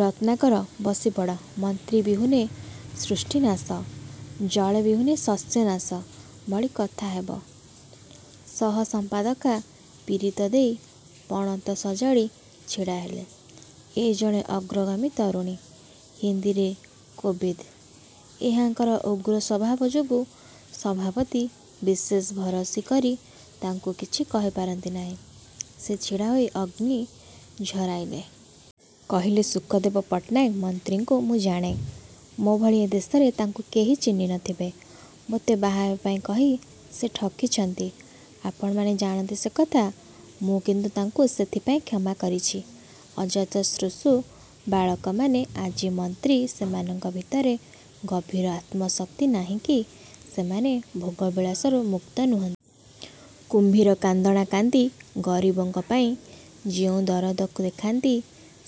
ରତ୍ନାକର ବସିପଡ଼–ମନ୍ତ୍ରୀ ବିହୁନେ ସୃଷ୍ଟିନାଶ, ଜଳେବିହୁନେ ଶସ୍ୟନାଶ ଭଳି କଥା ହେବ। ସହ ସମ୍ପାଦକା ପୀରିତ ଦେଈ ପଣତ ସଜାଡ଼ି ଛିଡ଼ାହେଲେ–ଏ ଜଣେ ଅଗ୍ରଗାମୀ ତରୁଣୀ। ହିନ୍ଦୀରେ କୋବିଦ। ଏହାଙ୍କର ଉଗ୍ରସ୍ଵଭାବ ଯୋଗୁ ସଭାପତି ବିଶେଷ ଭରସି କରି ତାଙ୍କୁ କିଛି କହିପାରନ୍ତି ନାହିଁ। ସେ ଛିଡ଼ାହୋଇ ଅଗ୍ନି ଝରାଇଲେ। କହିଲେ, "ଶୁକଦେବ ପଟ୍ଟନାୟକ–ମନ୍ତ୍ରୀକୁ ମୁଁ ଜାଣେ। ମୋ ଭଳି ଏ ଦେଶରେ ତାଙ୍କୁ କେହି ଚିହ୍ନି ନଥିବେ। ମତେ ବାହାହେବାକୁ କହି ସେ ଠକିଛନ୍ତି। ଆପଣମାନେ ଜାଣନ୍ତି ସେ କଥା। ମୁଁ କିନ୍ତୁ ତାଙ୍କୁ ସେଥିପାଇଁ କ୍ଷମାକରିଛି। ଅଜାତଶ୍ମଶ୍ରୁ ବାଳକମାନେ ଆଜି ମନ୍ତ୍ରୀ; ସେମାନଙ୍କ ଭିତରେ ଗଭୀର ଆତ୍ମଶକ୍ତି ନାହିଁ କି ସେମାନେ ଭୋଗବିଳାସରୁ ମୁକ୍ତ ନୁହନ୍ତି। କୁମ୍ଭୀର-କାନ୍ଦଣା କାନ୍ଦି ଗରିବଙ୍କ ପାଇଁ ଯେଉଁ ଦରଦ ଦେଖାନ୍ତି,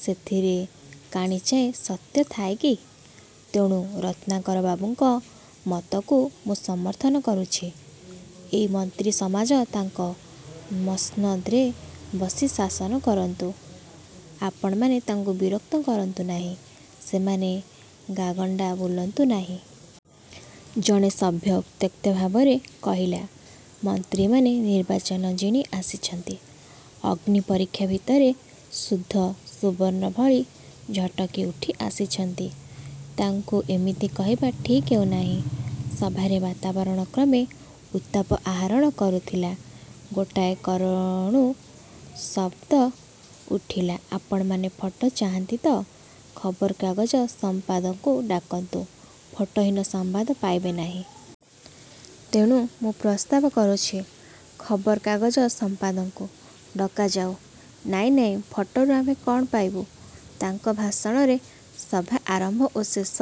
ସେଥିରେ କାଣିଚାଏ ସତ୍ୟ ଥାଏ କି? ତେଣୁ ରତ୍ନାକରବାବୁଙ୍କ ମତକୁ ମୁଁ ସମର୍ଥନ କରୁଛି। ଏ ମନ୍ତ୍ରି ସମାଜ ତାଙ୍କ ମସ୍ନଦ୍ରେ ବସି ଶାସନ କରନ୍ତୁ। ଆପଣମାନେ ତାଙ୍କୁ ବିରକ୍ତ କରନ୍ତୁନାହିଁ। ସେମାନେ ଗାଁଗଣ୍ଡା ବୁଲନ୍ତୁ ନାହିଁ। ଜଣେ ସଭ୍ୟ ଉତ୍ତ୍ୟକ୍ତ ଭାବରେ କହିଲା–ମନ୍ତ୍ରୀମାନେ ନିର୍ବାଚନ ଜିଣି ଆସିଛନ୍ତି। ଅଗ୍ନି ପରୀକ୍ଷା ଭିତରେ ଶୁଦ୍ଧ ସୁବର୍ଣ୍ଣ ଭଳି ଝଟକି ଉଠି ଆସିଛନ୍ତି। ତାଙ୍କୁ ଏମିତି କହିବା ଠିକ୍ ହେଉନାହିଁ। ସଭାର ବାତାବରଣ କ୍ରମେ ଉତ୍ତାପ ଆହରଣ କରୁଥିଲା। ଗୋଟାଏ କଣରୁ ଶବ୍ଦ ଉଠିଲା– ଆପଣମାନେ ଫଟୋ ଚାହାନ୍ତି ତ ଖବରକାଗଜର ସମ୍ପାଦକଙ୍କୁ ଡାକନ୍ତୁ; ଫଟୋହୀନ ସମ୍ବାଦ ପାଇବେ ନାହିଁ। ତେଣୁ ମୁଁ ପ୍ରସ୍ତାବ କରୁଛି ଖବରକାଗଜ ସମ୍ପାଦକଙ୍କୁ ଡକାଯାଉ। "ନାଇଁ ନାଇଁ, ଫଟୋରୁ ଆମେ କଅଣ ପାଇବୁ? ତାଙ୍କର ଭାଷଣରେ ସଭା ଆରମ୍ଭ ଓ ଶେଷ,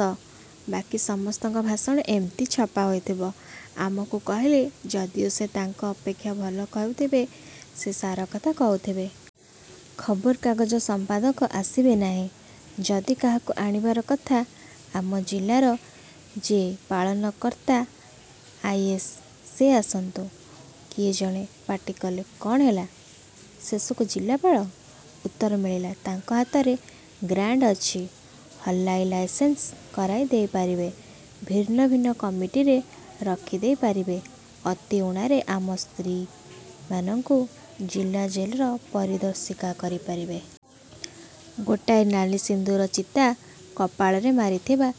ବାକୀ ସମସ୍ତଙ୍କର ଭାଷଣ–ଏମିତି ଛପାହୋଇଥିବ–''ଅମୁକ କହିଲେ" ଯଦିଓ ସେ ତାଙ୍କ ଅପେକ୍ଷା ଭଲ କହିଥିବେ ଓ ସାରକଥା କହିଥିବେ। ଖବରକାଗଜ ସମ୍ପାଦକ ଆସିବେ ନାହିଁ। ଯଦି କାହାକୁ ଆଣିବାର କଥା, ଆମ ଜିଲ୍ଲାର ଯେ ପାଳନକର୍ତ୍ତା ଆ. ଇ. ଏସ୍, ସେ ଆସନ୍ତୁ। " କିଏ ଜଣେ ପାଟିକଲେ–"କଅଣ ହେଲା? ଶେଷକୁ ଜିଲ୍ଲାପାଳ? " ଉତ୍ତର ମିଳିଲା–"ତାଙ୍କ ହାତରେ ଗ୍ରାଣ୍ଟ୍ ଅଛି, ହଲାର ଲାଇସେନ୍ସ କରାଇ ଦେଇପାରିବେ, ଭିନ୍ନ ଭିନ୍ନ କମିଟିରେ ରଖିଦେଇ ପାରିବେ; ଅତି ଊଣାରେ ଆମ ସ୍ତ୍ରୀମାନଙ୍କୁ ଜିଲା ଜେଲର ପରିଦର୍ଶିକା କରି ପାରିବେ। " ଗୋଟାଏ ନାଲି ସିନ୍ଦୂର ଚିତା କପାଳରେ ମାରିଥିବା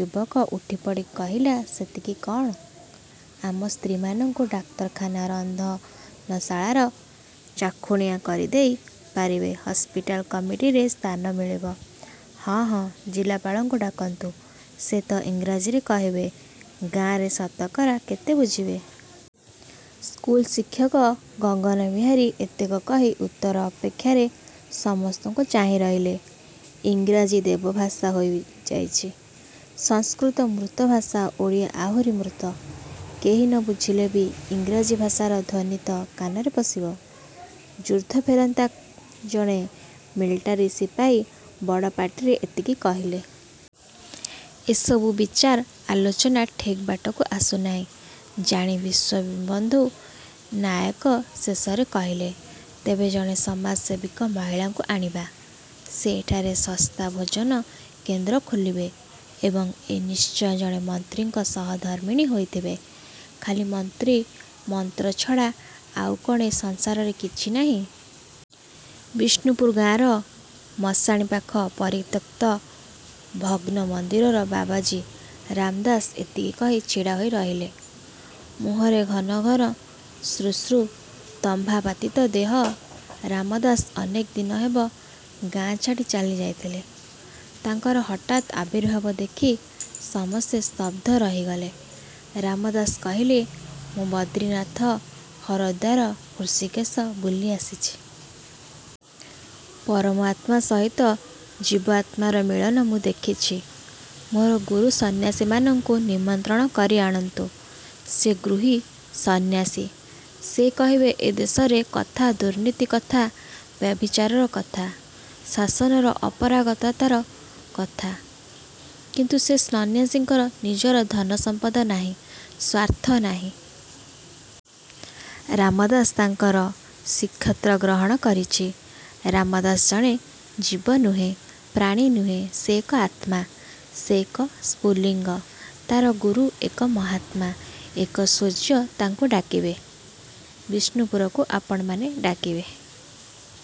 ଯୁବକ ଉଠିପଡ଼ି କହିଲା–ସେତିକି କଅଣ? ଆମ ସ୍ତ୍ରୀମାନଙ୍କୁ ଡାକ୍ତରଖାନା ରନ୍ଧନଶାଳାର ଚାଖୁଣିଆ କରିଦେଇ ପାରିବେ, ହସ୍ପିଟାଲ କମିଟିରେ ସ୍ଥାନ ମିଳିବ। ହଁ ହଁ, ଜିଲ୍ଲାପାଳଙ୍କୁ ଡାକନ୍ତୁ। "ସେତ ଇଂରାଜୀରେ କହିବେ, ଗାଁରେ ଶତକରା କେତେ ବୁଝିବେ? " ସ୍କୁଲଶିକ୍ଷକ ଗଗନବିହାରୀ ଏତକ କହି ଉତ୍ତର ଅପେକ୍ଷାରେ ସମସ୍ତଙ୍କୁ ଚାହିଁରହିଲେ। -"ଇଂରାଜୀ ଦେବଭାଷା ହୋଇଯାଇଛି। ସଂସ୍କୃତ ମୃତଭାଷା, ଓଡ଼ିଆ ଆହୁରି ମୃତ। କେହି ନ ବୁଝିଲେ ବି ଇଂରାଜୀ ଭାଷାର ଧ୍ୱନି ତ କାନରେ ପଶିବ? "ଯୁଦ୍ଧଫେରନ୍ତା ଜଣେ ମିଲିଟାରୀ ସିପାହୀ ବଡ଼ ପାଟିରେ ଏତିକି କହିଲେ। ଏସବୁ ବିଚାର ଆଲୋଚନା ଠିକ୍ ବାଟକୁ ଆସୁନାହିଁ ଜାଣି ବିଶ୍ଵବନ୍ଧୁ ନାୟକ ଶେଷରେ କହିଲେ– "ତେବେ ଜଣେ ସମାଜସେବିକା ମହିଳାଙ୍କୁ ଆଣିବା। ସେ ଏଠାରେ ଶସ୍ତା ଭୋଜନ କେନ୍ଦ୍ର ଖୋଲିବେ ଏବଂ ଏ ନିଶ୍ଚୟ ଜଣେ ମନ୍ତ୍ରୀଙ୍କ ସହଧର୍ମିଣୀ ହୋଇଥିବେ। " "ଖାଲି ମନ୍ତ୍ରୀ–ମନ୍ତ୍ରଛଡ଼ା ଆଉ କଣ ଏ ସଂସାରରେ କିଛି ନାହିଁ? "ବିଷ୍ଣୁପୁର ଗାଁର ମଶାଣିପାଖ ପରିତ୍ୟକ୍ତ ଭଗ୍ନ ମନ୍ଦିରର ବାବାଜୀ ରାମ ଦାସ ଏତିକି କହି ଛିଡ଼ାହୋଇରହିଲେ। ମୁହଁରେ ଘନ ଶ୍ମଶ୍ରୁ, ତମ୍ବାପାତିଆ ଦେହ... ରାମଦାସ ଅନେକ ଦିନ ହେବ ଗାଁ ଛାଡ଼ି ଚାଲିଯାଇଥିଲେ-। ତାଙ୍କର ହଠାତ୍ ଆବିର୍ଭାବ ଦେଖି ସମସ୍ତେ ସ୍ତବ୍ଧ ରହିଗଲେ। ରାମ ଦାସ କହିଲେ, "ମୁଁ ବଦ୍ରିନାଥ, ହରଦ୍ୱାର, ହୃଷୀକେଶ ବୁଲିଆସିଛି। ପରମାତ୍ମା ସହିତ ଜୀବାତ୍ମାର ମିଳନ ମୁଁ ଦେଖିଛି। ମୋର ଗୁରୁ ସନ୍ନ୍ୟାସୀଙ୍କୁ ନିମନ୍ତ୍ରଣ କରି ଆଣନ୍ତୁ। ସେ ଗୃହୀ ସନ୍ୟାସୀ। ସେ କହିବେ ଏ ଦେଶର କଥା, ଦୁର୍ନୀତି କଥା, ବ୍ୟଭିଚାରର କଥା, ଶାସନର ଅପାରଗତାର କଥା; କିନ୍ତୁ ସେ ସନ୍ନ୍ୟାସୀଙ୍କର ନିଜର ଧନସମ୍ପଦ ନାହିଁ, ସ୍ଵାର୍ଥ ନାହିଁ। ରାମ ଦାସ ତାଙ୍କର ଶିକ୍ଷତ୍ଵ ଗ୍ରହଣ କରିଛି। ରାମ ଦାସ ଜଣେ ଜୀବ ନୁହେଁ, ପ୍ରାଣୀ ନୁହେଁ, ସେ ଏକ ଆତ୍ମା, ସେ ଏକ ସ୍ପୁଲିଙ୍ଗ, ତାର ଗୁରୁ ଏକ ମହାତ୍ମା, ଏକ ସୂର୍ଯ୍ୟ... ତାଙ୍କୁ ଡାକିବେ? ବିଷ୍ଣୁପୁରକୁ ଆପଣମାନେ ଡାକିବେ?